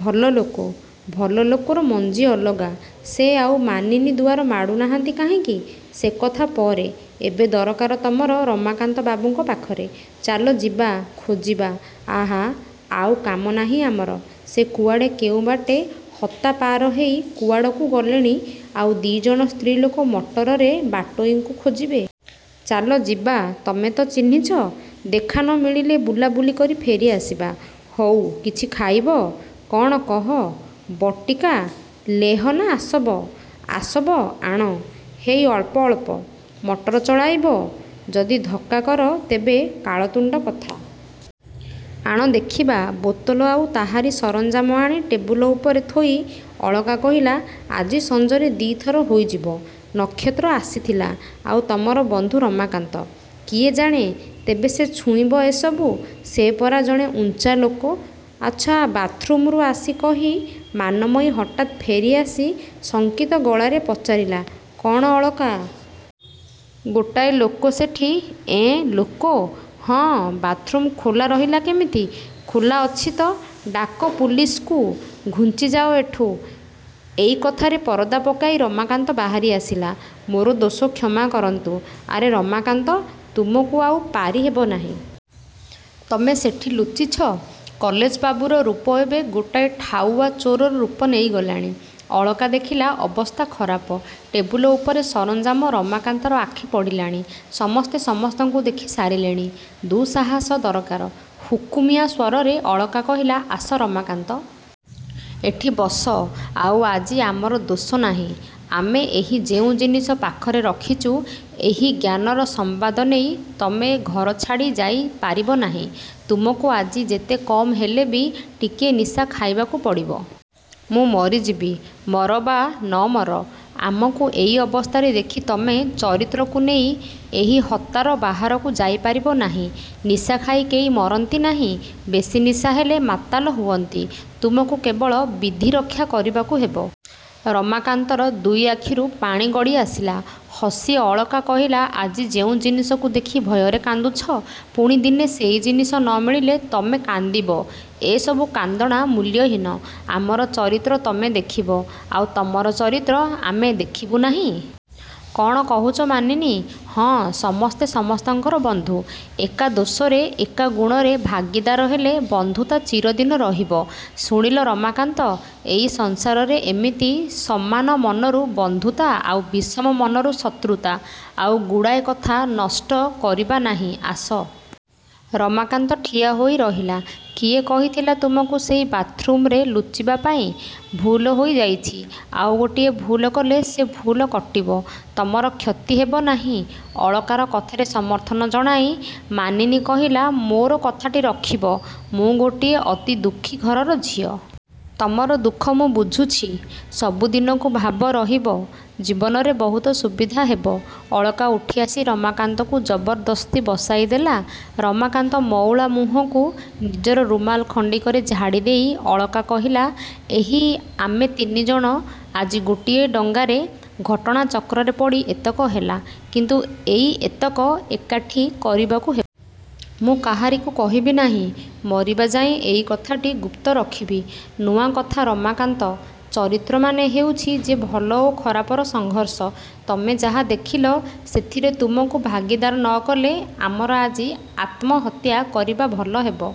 –ଭଲ ଲୋକ। ଭଲ ଲୋକର ମଞ୍ଜି ଅଲଗା। –ସେ ଆଉ ମାନିନୀ ଦୁଆର ମାଡ଼ୁ ନାହାଁନ୍ତି କାହିଁକି? –ସେକଥା ପରେ। ଏବେ ଦରକାର ତମର ରମାକାନ୍ତବାବୁଙ୍କ ପାଖରେ। ଚାଲଯିବା–ଖୋଜିବା। –ଆଃ, ଆଉ କାମ ନାହିଁ ଆମର? ସେ କୁଆଡ଼େ କେଉଁବାଟେ ହତାପାର ହେଇ କୁଆଡ଼କୁ ଗଲେଣି ଆଉ ଦି'ଜଣ ସ୍ତ୍ରୀ ଲୋକ ମଟରରେ ବାଟୋଇଙ୍କୁ ଖୋଜିବେ। –ଚାଲ ଯିବା। ତମେ ତ ଚିହ୍ନିଛ। ଦେଖା ନ ମିଳିଲେ ବୁଲା ବୁଲି କରି ଫେରି ଆସିବା। –ହଉ। କିଛି ଖାଇବ? –କ'ଣ–କହ। –ବଟିକା, ଲେହ ନା ଆସବ? –ଆସବ ଆଣ। –ହେଇ, ଅଳ୍ପ ଅଳ୍ପ। ମଟର ଚଳାଇବ। ଯଦି ଧକ୍କା କର ତେବେ। –କାଳତୁଣ୍ଡ କଥା। ଆଣ–ଦେଖିବା। –ବୋତଲ ଆଉ ତାହାରି ସରଞ୍ଜାମ ଆଣି ଟେବୁଲ। ଉପରେ ଥୋଇ ଅଳକା କହିଲା–ଆଜି ସଞ୍ଜରେ ଦି'ଥର ହୋଇଯିବ। ନକ୍ଷତ୍ର ଆସିଥିଲା– –ଆଉ, ତମର ବନ୍ଧୁ ରମାକାନ୍ତ? –କିଏ ଜାଣେ? ତେବେ ସେ ଛୁଇଁବ ଏ ସବୁ? ସେ ପରା ଜଣେ ଉଞ୍ଚା ଲୋକ। ଆଚ୍ଛା, ବାଥରୁମ୍ରୁ ଆସେ କହି ମାନମୟୀ ହଠାତ୍ ଫେରି ଆସି ଶଙ୍କିତ ଗଳାରେ ପଚାରିଲା–କ'ଣ ଅଳକା? ଗୋଟାଏ ଲୋକ ସେଠି? –ଏଁ, ଲୋକ? –ହଁ। –ବାଥରୁମ୍ ଖୋଲା ରହିଲା କେମିତି? –ଖୋଲା ଅଛି ତ। –ଡାକ ପୁଲିସ୍କୁ। ଘୁଞ୍ଚିଯାଅ ଏଠୁ। ଏଇକଥାରେ ପରଦା ପକାଇ ରମାକାନ୍ତ ବାହାରି ଆସିଲା–ମୋର ଦୋଷ କ୍ଷମା କରନ୍ତୁ-। –ଆରେ ରମାକାନ୍ତ? ତୁମକୁ ଆଉ ପାରି ହେବ ନାହିଁ। ତମେ ସେଠି ଲୁଚିଛ? –କଲେଜ ବାବୁର ରୂପ ଏବେ ଗୋଟାଏ ଠାଉଆ ଚୋରର ରୂପ ନେଇ ଗଲାଣି। ଅଳକା ଦେଖିଲା–ଅବସ୍ଥା ଖରାପ। ଟେବୁଲ ଉପରର ସରଞ୍ଜାମ ରମାକାନ୍ତର ଆଖିରେ ପଡ଼ିଲାଣି। ସମସ୍ତେ ସମସ୍ତଙ୍କୁ ଦେଖି ସାରିଲେଣି। ଦୁଃସାହସ ଦରକାର। ହୁକୁମିଆ ସ୍ୱରରେ ଅଳକା କହିଲା–ଆସ ରମାକାନ୍ତ! ଏଠି ବସ, ଆଉ ଆଜି ଆମର ଦୋଷ ନାହିଁ। ଆମେ ଏହି ଯେଉଁ ଜିନିଷ ପାଖରେ ରଖିଛୁ ଏହି ଜ୍ଞାନର ସମ୍ବାଦ ନେଇ ତମେ ଏ ଘର ଛାଡ଼ି ଯାଇ ପାରିବ ନାହିଁ। ତୁମକୁ ଆଜି ଯେତେ କମ୍ ହେଲେ ବି ଟିକିଏ ନିଶା ଖାଇବାକୁ ପଡ଼ିବ। –ମୁଁ ମରିଯିବି। –ମର ବା ନ ମର, ଆମକୁ ଏଇ ଅବସ୍ଥାରେ ଦେଖି ତମେ ଚରିତ୍ରକୁ ନେଇ ଏହି ହତାର ବାହାରକୁ ଯାଇପାରିବ ନାହିଁ। ନିଶା ଖାଇ କେହି ମରନ୍ତି ନାହିଁ। ବେଶି ନିଶା ହେଲେ ମାତାଲ ହୁଅନ୍ତି। ତୁମକୁ କେବଳ ବିଧିରକ୍ଷା କରିବାକୁ ହେବ। ରମାକାନ୍ତର ଦୁଇ ଆଖିରୁ ପାଣି ଗଡ଼ି ଆସିଲା। ହସି ଅଳକା କହିଲା–ଆଜି ଯେଉଁ ଜିନିଷକୁ ଦେଖି ଭୟରେ କାନ୍ଦୁଛ, ପୁଣି ଦିନେ ସେଇ ଜିନିଷ ନ ମିଳିଲେ ତମେ କାନ୍ଦିବ ଏସବୁ କାନ୍ଦଣା ମୂଲ୍ୟହୀନ। ଆମର ଚରିତ୍ର ତମେ ଦେଖିବ–ଆଉ ତମର ଚରିତ୍ର ଆମେ ଦେଖିବୁ ନାହିଁ? –କ'ଣ କହୁଛ ମାନିନୀ? –ହଁ। ସମସ୍ତେ ସମସ୍ତଙ୍କର ବନ୍ଧୁ। ଏକା ଦୋଷରେ, ଏକା ଗୁଣରେ ଭାଗୀଦାର ହେଲେ ବନ୍ଧୁତା ଚିରଦିନ ରହିବ। –ଶୁଣିଲ ରମାକାନ୍ତ! ଏଇ ସଂସାରରେ ଏମିତି ସମାନ ମନରୁ ବନ୍ଧୁତା ଆଉ ବିଷମ ମନରୁ ଶତ୍ରୁତା। ଆଉ ଗୁଡ଼ାଏ କଥା ନଷ୍ଟ କରିବା ନାହିଁ–ଆସ। ରମାକାନ୍ତ ଠିଆ ହୋଇ ରହିଲା। –କିଏ କହିଥିଲା ତୁମକୁ ସେହି ବାଥରୁମ୍ରେ ଲୁଚିବା ପାଇଁ। ଭୁଲ ହୋଇ ଯାଇଛି–ଆଉ ଗୋଟିଏ ଭୁଲ କଲେ ସେ ଭୁଲ କଟିବ। ତମର କ୍ଷତି ହେବ ନାହିଁ। ଅଳକାର କଥାରେ ସମର୍ଥନ ଜଣାଇ ମାନିନୀ କହିଲା–ମୋର କଥାଟି ରଖିବ। ମୁଁ ଗୋଟିଏ ଅତି ଦୁଃଖୀ ଘରର ଝିଅ। ତମର ଦୁଃଖ ମୁଁ ବୁଝିଛି। ସବୁଦିନକୁ ଭାବ ରହିବ। ଜୀବନରେ ବହୁତ ସୁବିଧା ହେବ। ଅଳକା ଉଠିଆସି ରମାକାନ୍ତକୁ ଜବରଦସ୍ତି ବସାଇ ଦେଲା–। ରମାକାନ୍ତ ମଉଳା ମୁହଁକୁ ନିଜର ରୁମାଲ ଖଣ୍ଡିକରେ ଝାଡ଼ି ଦେଇ ଅଳକା କହିଲା–ଏହି ଆମେ ତିନିଜଣ ଆଜି ଗୋଟିଏ ଡଙ୍ଗାରେ। ଘଟଣାଚକ୍ରରେ ପଡ଼ି ଏତକ ହେଲା, କିନ୍ତୁ ଏଇ ଏତକ ଏକାଠି କରିବାକୁ ହେବ। –ମୁଁ କାହାରିକୁ କହିବି ନାହିଁ। ମରିବା ଯାଏ ଏଇ କଥାଟି ଗୁପ୍ତ ରଖିବି। –ନୂଆ କଥା ରମାକାନ୍ତ! ଚରିତ୍ର ମାନେ ହେଉଛି ଯେ ଭଲ ଓ ଖରାପର ସଂଘର୍ଷ। ତମେ ଯାହା ଦେଖିଲ, ସେଥିରେ ତୁମକୁ ଭାଗୀଦାର ନ କଲେ ଆମର ଆଜି ଆତ୍ମହତ୍ୟା କରିବା ଭଲ ହେବ!